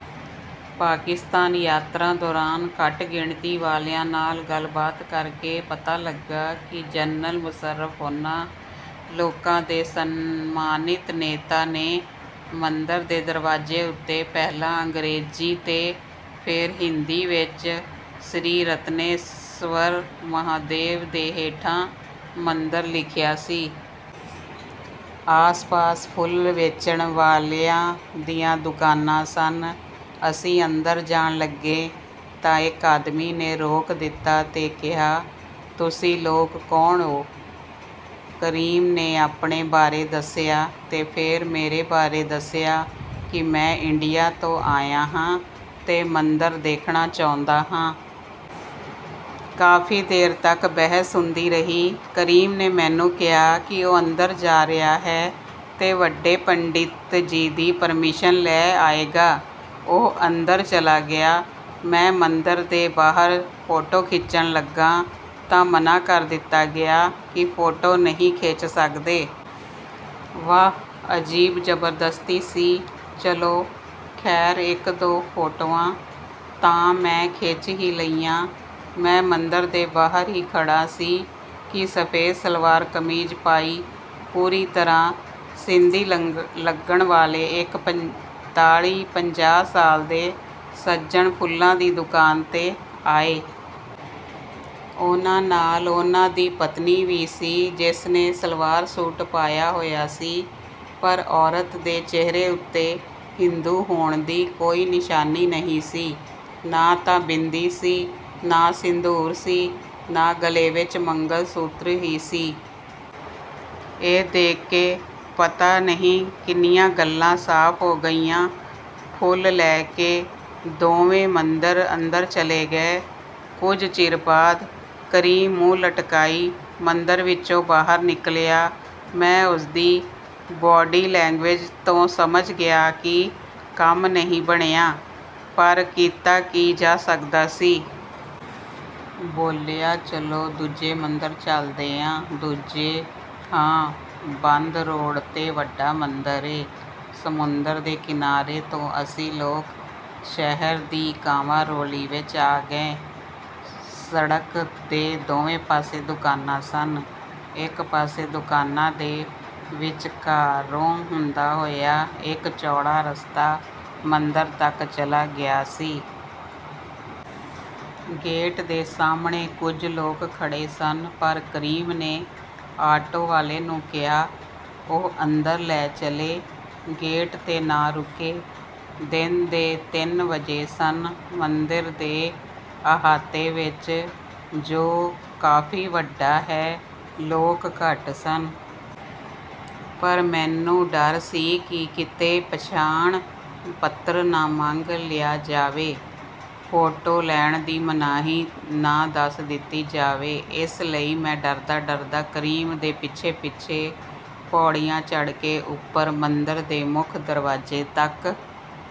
ਪਾਕਿਸਤਾਨ ਯਾਤਰਾ ਦੌਰਾਨ ਘੱਟ-ਗਿਣਤੀ ਵਾਲਿਆਂ ਨਾਲ ਗੱਲਬਾਤ ਕਰਕੇ ਪਤਾ ਲੱਗਾ ਕਿ ਜਨਰਲ ਮੁਸ਼ੱਰਫ਼ ਉਹਨਾਂ ਲੋਕਾਂ ਦੇ ਸਨਮਾਨਿਤ ਨੇਤਾ ਨੇ। ਮੰਦਰ ਦੇ ਦਰਵਾਜ਼ੇ ਉੱਤੇ ਪਹਿਲਾਂ ਅੰਗਰੇਜ਼ੀ ਤੇ ਫੇਰ ਹਿੰਦੀ ਵਿੱਚ 'ਸ਼੍ਰੀ ਰਤਨੇਸ਼ਵਰ ਮਹਾਦੇਵ' ਦੇ ਹੇਠਾਂ 'ਮੰਦਰ' ਲਿਖਿਆ ਸੀ। ਆਸ-ਪਾਸ ਫੁੱਲ ਵੇਚਣ ਵਾਲਿਆਂ ਦੀਆਂ ਦੁਕਾਨਾਂ ਸਨ। ਅਸੀਂ ਅੰਦਰ ਜਾਣ ਲੱਗੇ ਤਾਂ ਇੱਕ ਆਦਮੀ ਨੇ ਰੋਕ ਦਿੱਤਾ ਤੇ ਕਿਹਾ, "ਤੁਸੀਂ ਲੋਕ ਕੌਣ ਓ?" ਕਰੀਮ ਨੇ ਆਪਣੇ ਬਾਰੇ ਦੱਸਿਆ ਤੇ ਫੇਰ ਮੇਰੇ ਬਾਰੇ ਦੱਸਿਆ ਕਿ ਮੈਂ ਇੰਡੀਆ ਤੋਂ ਆਇਆ ਹਾਂ ਤੇ ਮੰਦਰ ਦੇਖਣਾ ਚਾਹੁੰਦਾ ਹਾਂ। ਕਾਫ਼ੀ ਦੇਰ ਤੱਕ ਬਹਿਸ ਹੁੰਦੀ ਰਹੀ। ਕਰੀਮ ਨੇ ਮੈਨੂੰ ਕਿਹਾ ਕਿ ਉਹ ਅੰਦਰ ਜਾ ਰਿਹਾ ਹੈ ਤੇ ਵੱਡੇ ਪੰਡਿਤ ਜੀ ਦੀ ਪਰਮਿਸ਼ਨ ਲੈ ਆਏਗਾ। ਉਹ ਅੰਦਰ ਚਲਾ ਗਿਆ। ਮੈਂ ਮੰਦਰ ਦੇ ਬਾਹਰ ਫੋਟੋ ਖਿੱਚਣ ਲੱਗਾ ਤਾਂ ਮਨ੍ਹਾਂ ਕਰ ਦਿੱਤਾ ਗਿਆ ਕਿ ਫੋਟੋ ਨਹੀਂ ਖਿੱਚ ਸਕਦੇ। ਵਾਹ, ਅਜੀਬ ਜਬਰਦਸਤੀ ਸੀ। ਚਲੋ, ਖ਼ੈਰ, ਇੱਕ-ਦੋ ਫੋਟੋਆਂ ਤਾਂ ਮੈਂ ਖਿੱਚ ਹੀ ਲਈਆਂ। ਮੈਂ ਮੰਦਰ ਦੇ ਬਾਹਰ ਹੀ ਖੜ੍ਹਾ ਸੀ ਕਿ ਸਫ਼ੈਦ ਸਲਵਾਰ-ਕਮੀਜ਼ ਪਾਈ, ਪੂਰੀ ਤਰ੍ਹਾਂ ਸਿੰਧੀ ਲੱਗਣ ਵਾਲੇ ਇੱਕ ਪੰਤਾਲੀ-ਪੰਜਾਹ ਸਾਲ ਦੇ ਸੱਜਣ ਫੁੱਲਾਂ ਦੀ ਦੁਕਾਨ 'ਤੇ ਆਏ। ਉਹਨਾਂ ਨਾਲ ਉਹਨਾਂ ਦੀ ਪਤਨੀ ਵੀ ਸੀ, ਜਿਸਨੇ ਸਲਵਾਰ-ਸੂਟ ਪਾਇਆ ਹੋਇਆ ਸੀ। ਪਰ ਔਰਤ ਦੇ ਚਿਹਰੇ ਉੱਤੇ ਹਿੰਦੂ ਹੋਣ ਦੀ ਕੋਈ ਨਿਸ਼ਾਨੀ ਨਹੀਂ ਸੀ। ਨਾ ਤਾਂ ਬਿੰਦੀ ਸੀ, ਨਾ ਸਿੰਦੂਰ ਸੀ, ਨਾ ਗਲ਼ੇ ਵਿੱਚ ਮੰਗਲ-ਸੂਤਰ ਹੀ ਸੀ। ਇਹ ਦੇਖ ਕੇ ਪਤਾ ਨਹੀਂ ਕਿੰਨੀਆਂ ਗੱਲਾਂ ਸਾਫ਼ ਹੋ ਗਈਆਂ। ਫੁੱਲ ਲੈ ਕੇ ਦੋਵੇਂ ਮੰਦਰ ਅੰਦਰ ਚਲੇ ਗਏ। ਕੁਝ ਚਿਰ ਬਾਅਦ ਕਰੀਮ ਮੂੰਹ ਲਟਕਾਈ ਮੰਦਰ ਵਿੱਚੋਂ ਬਾਹਰ ਨਿਕਲਿਆ। ਮੈਂ ਉਸਦੀ ਬਾਡੀ ਲੈਂਗਵੇਜ ਤੋਂ ਸਮਝ ਗਿਆ ਕਿ ਕੰਮ ਨਹੀਂ ਬਣਿਆ, ਪਰ ਕੀਤਾ ਕੀ ਜਾ ਸਕਦਾ ਸੀ। ਬੋਲਿਆ, "ਚੱਲੋ, ਦੂਜੇ ਮੰਦਰ ਚਲਦੇ ਆਂ।" "ਦੂਜੇ?" "ਹਾਂ, ਬੰਦ ਰੋਡ 'ਤੇ ਵੱਡਾ ਮੰਦਰ ਏ।" ਸਮੁੰਦਰ ਦੇ ਕਿਨਾਰੇ ਤੋਂ ਅਸੀਂ ਲੋਕ ਸ਼ਹਿਰ ਦੀ ਕਾਵਾਂ-ਰੌਲੀ ਵਿੱਚ ਆ ਗਏ। ਸੜਕ ਦੇ ਦੋਵੇਂ ਪਾਸੇ ਦੁਕਾਨਾਂ ਸਨ। ਇੱਕ ਪਾਸੇ ਦੁਕਾਨਾਂ ਦੇ ਵਿਚਕਾਰੋਂ ਹੁੰਦਾ ਹੋਇਆ ਇੱਕ ਚੌੜਾ ਰਸਤਾ ਮੰਦਰ ਤੱਕ ਚਲਾ ਗਿਆ ਸੀ। ਗੇਟ ਦੇ ਸਾਹਮਣੇ ਕੁਝ ਲੋਕ ਖੜ੍ਹੇ ਸਨ, ਪਰ ਕਰੀਮ ਨੇ ਆਟੋ ਵਾਲੇ ਨੂੰ ਕਿਹਾ, ਉਹ ਅੰਦਰ ਲੈ ਚੱਲੇ, ਗੇਟ 'ਤੇ ਨਾ ਰੁਕੇ। ਦਿਨ ਦੇ ਤਿੰਨ ਵੱਜੇ ਸਨ। ਮੰਦਰ ਦੇ ਅਹਾਤੇ ਵਿੱਚ, ਜੋ ਕਾਫ਼ੀ ਵੱਡਾ ਹੈ, ਲੋਕ ਘੱਟ ਸਨ। ਪਰ ਮੈਨੂੰ ਡਰ ਸੀ ਕਿ ਕਿਤੇ ਪਛਾਣ-ਪੱਤਰ ਨਾ ਮੰਗ ਲਿਆ ਜਾਵੇ। ਫੋਟੋ ਲੈਣ ਦੀ ਮਨਾਹੀ ਨਾ ਦੱਸ ਦਿੱਤੀ ਜਾਵੇ। ਇਸ ਲਈ ਮੈਂ ਡਰਦਾ-ਡਰਦਾ ਕਰੀਮ ਦੇ ਪਿੱਛੇ-ਪਿੱਛੇ ਪੌੜੀਆਂ ਚੜ੍ਹ ਕੇ ਉੱਪਰ ਮੰਦਰ ਦੇ ਮੁੱਖ ਦਰਵਾਜ਼ੇ ਤੱਕ...